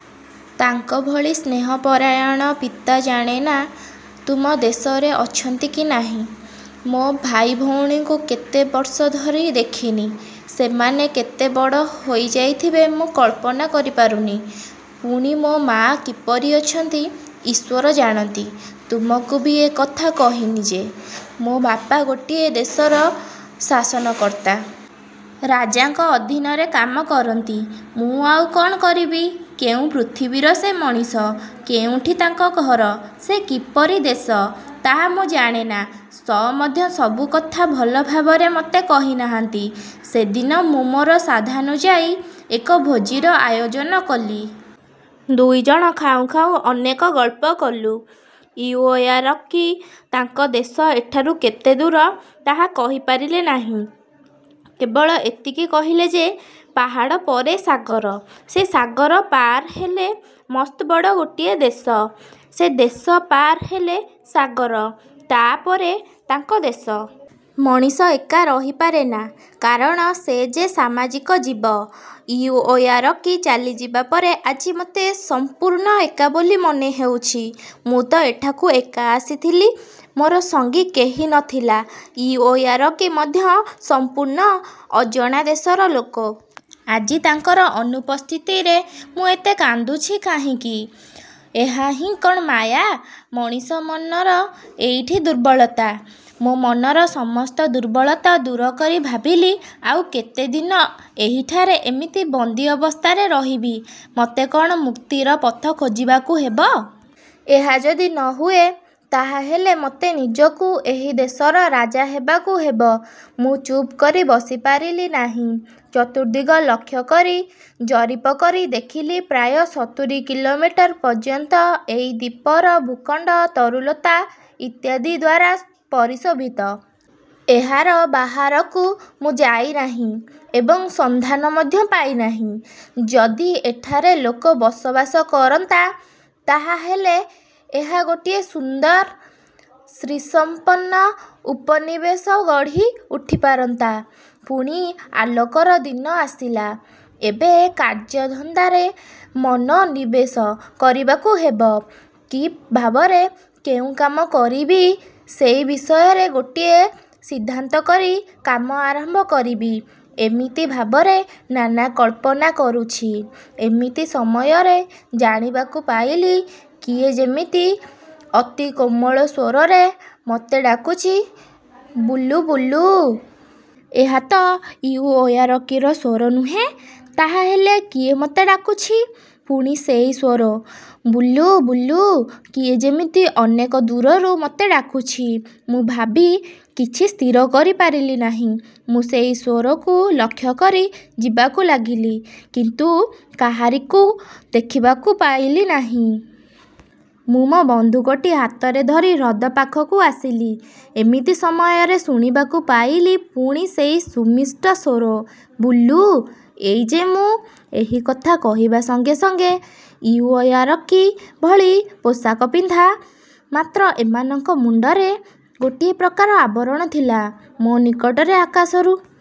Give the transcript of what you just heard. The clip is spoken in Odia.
ତାଙ୍କଭଳି ସ୍ନେହପରାୟଣ ପିତା ଜାଣେନା ତୁମ ଦେଶରେ ଅଛନ୍ତି କି ନାହିଁ। ମୋ ଭାଇ ଭଉଣୀଙ୍କୁ କେତେ ବର୍ଷ ଧରି ଦେଖିନି, ସେମାନେ କେତେ ବଡ଼ ହୋଇଯାଇଥିବେ ମୁଁ କଳ୍ପନା କରିପାରୁନି। ପୁଣି ମୋ ମା' କିପରି ଅଛନ୍ତି, ଈଶ୍ୱର ଜାଣନ୍ତି। ତୁମକୁ ବି ଏକଥା କହିନି ଯେ, ମୋ ବାପା ଗୋଟିଏ ଦେଶର ଶାସନକର୍ତ୍ତା। ରାଜାଙ୍କ ଅଧୀନରେ କାମ କରନ୍ତି। '' ମୁଁ ଆଉ କ'ଣ କରିବି? କେଉଁ ପୃଥିବୀର ସେ ମଣିଷ, କେଉଁଠି ତାଙ୍କ ଘର, ସେ କିପରି ଦେଶ, ତାହା ମୁଁ ଜାଣେନା। ସ ମଧ୍ୟ ସବୁକଥା ଭଲଭାବରେ ମୋତେ କହିନାହାନ୍ତି। ସେଦିନ ମୁଁ ମୋର ସାଧ୍ୟାନୁଯାୟୀ ଏକ ଭୋଜୀର ଆୟୋଜନ କଲି। ଦୁଇଜଣ ଖାଉଁ ଖାଉଁ ଅନେକ ଗଳ୍ପ କଲୁଁ। ଇଉଓୟାରକି ତାଙ୍କ ଦେଶ ଏଠାରୁ କେତେଦୂର ତାହା କହିପାରିଲେ ନାହିଁ, କେବଳ ଏତିକି କହିଲେ ଯେ, ପାହାଡ଼ ପରେ ସାଗର, ସେ ସାଗର ପାର ହେଲେ ମସ୍ତବଡ଼ ଗୋଟିଏ ଦେଶ, ସେ ଦେଶ ପାର ହେଲେ ସାଗର, ତାହାପରେ ତାଙ୍କ ଦେଶ। ମଣିଷ ଏକା ରହିପାରେନା। କାରଣ ସେ ଯେ ସାମାଜିକ ଜୀବ। ଇଉଓୟାରକି ଚାଲିଯିବା ପରେ ଆଜି ମୋତେ ସମ୍ପୂର୍ଣ୍ଣ ଏକା ବୋଲି ମନେହେଉଛି। ମୁଁ ତ ଏଠାକୁ ଏକା ଆସିଥିଲି, ମୋର ସଙ୍ଗୀ କେହି ନ ଥିଲା ଇଉଓୟାରକି ମଧ୍ୟ ସମ୍ପୂର୍ଣ୍ଣ ଅଜଣା ଦେଶର ଲୋକ। ଆଜି ତାଙ୍କର ଅନୁପସ୍ଥିତିରେ ମୁଁ ଏତେ କାନ୍ଦୁଛି କାହିଁକ? ଏହାହିଁ କ'ଣ ମାୟା? ମଣିଷ ମନର ଏଇଠି ଦୁର୍ବଳତା। ମୋ ମନର ସମସ୍ତ ଦୁର୍ବଳତା ଦୂର କରି ଭାବିଲି, ଆଉ କେତେଦିନ ଏହିଠାରେ ଏମିତି ବନ୍ଦୀ ଅବସ୍ଥାରେ ରହିବି। ମୋତେ କ'ଣ ମୁକ୍ତିର ପଥ ଖୋଜିବାକୁ ହେବ? ଏହା ଯଦି ନ ହୁଏ, ତାହାହେଲେ ମୋତେ ନିଜକୁ ଏହି ଦେଶର ରାଜା ହେବାକୁ ହେବ-। ମୁଁ ଚୁପ୍ କରି ବସିପାରିଲି ନାହିଁ। ଚତୁର୍ଦ୍ଦିଗ ଲକ୍ଷ୍ୟ କରି ଜରିପ କରି ଦେଖିଲି ପ୍ରାୟ ସତୁରୀ କିଲୋମିଟର ପର୍ଯ୍ୟନ୍ତ ଏଇ ଦ୍ୱୀପର ଭୂଖଣ୍ଡ ତରୁଲତା ଇତ୍ୟାଦିଦ୍ୱାରା ପରିଶୋଭିତ। ଏହାର ବାହାରକୁ ମୁଁ ଯାଇ ନାହିଁ ଏବଂ ସନ୍ଧାନ ମଧ୍ୟ ପାଇ ନାହିଁ। ଯଦି ଏଠାରେ ଲୋକ ବସବାସ କରନ୍ତା, ତାହାହେଲେ ଏହା ଗୋଟିଏ ସୁନ୍ଦର ଶ୍ରୀସମ୍ପନ୍ନ ଉପନିବେଶ ଗଢ଼ି ଉଠିପାରନ୍ତା। ପୁଣି ଆଲୋକର ଦିନ ଆସିଲା, ଏବେ କାର୍ଯ୍ୟଧନ୍ଦାରେ ମନୋନିବେଶ କରିବାକୁ ହେବ-। କି ଭାବରେ କେଉଁ କାମ କରିବି, ସେଇ ବିଷୟରେ ଗୋଟିଏ ସିଦ୍ଧାନ୍ତ କରି କାମ ଆରମ୍ଭ କରିବି-ଏମିତି ଭାବରେ ନାନା କଳ୍ପନା କରୁଛି, ଏମିତି ସମୟରେ ଜାଣିବାକୁ ପାଇଲି, କିଏ ଯେମିତି ଅତି କୋମଳ ସ୍ୱରରେ ମୋତେ ଡାକୁଛି-''ବୁଲୁ, ବୁଲୁ! '' ଏହା ତ ଇଉଓୟାରକିର ସ୍ୱର ନୁହେଁ, ତାହାହେଲେ କିଏ ମୋତେ ଡାକୁଛି? ପୁଣି ସେଇ ସ୍ୱର,-''ବୁଲୁ, ବୁଲୁ '' କିଏ ଯେମିତି ଅନେକ ଦୂରରୁ ମୋତେ ଡାକୁଛି। ମୁଁ ଭାବି। କିଛି ସ୍ଥିର କରିପାରିଲି ନାହିଁ। ମୁଁ ସେଇ ସ୍ୱରକୁ ଲକ୍ଷ୍ୟ କରି ଯିବାକୁ ଲାଗିଲି; କିନ୍ତୁ କାହାରିକୁ ଦେଖିବାକୁ ପାଇଲି ନାହିଁ-। ମୁଁ ମୋ ବନ୍ଧୁକଟି ହାତରେ ଧରି ହ୍ରଦ ପାଖକୁ ଆସିଲି। ଏମିତି ସମୟରେ ଶୁଣିବାକୁ ପାଇଲି, ପୁଣି ସେଇ ସୁମିଷ୍ଟ ସ୍ୱର-''ବୁଲୁ ''. ''ଏଇ ଯେ ମୁଁ। '' ଏହି କଥା କହିବା ସଙ୍ଗେ ସଙ୍ଗେ ଇଉଓୟାରକିଭଳି ପୋଷାକ ପିନ୍ଧା; ମାତ୍ର ଏମାନଙ୍କ ମୁଣ୍ଡରେ ଗୋଟିଏ ପ୍ରକାର ଆବରଣ ଥିଲା-ମୋ ନିକଟରେ ଆକାଶରୁ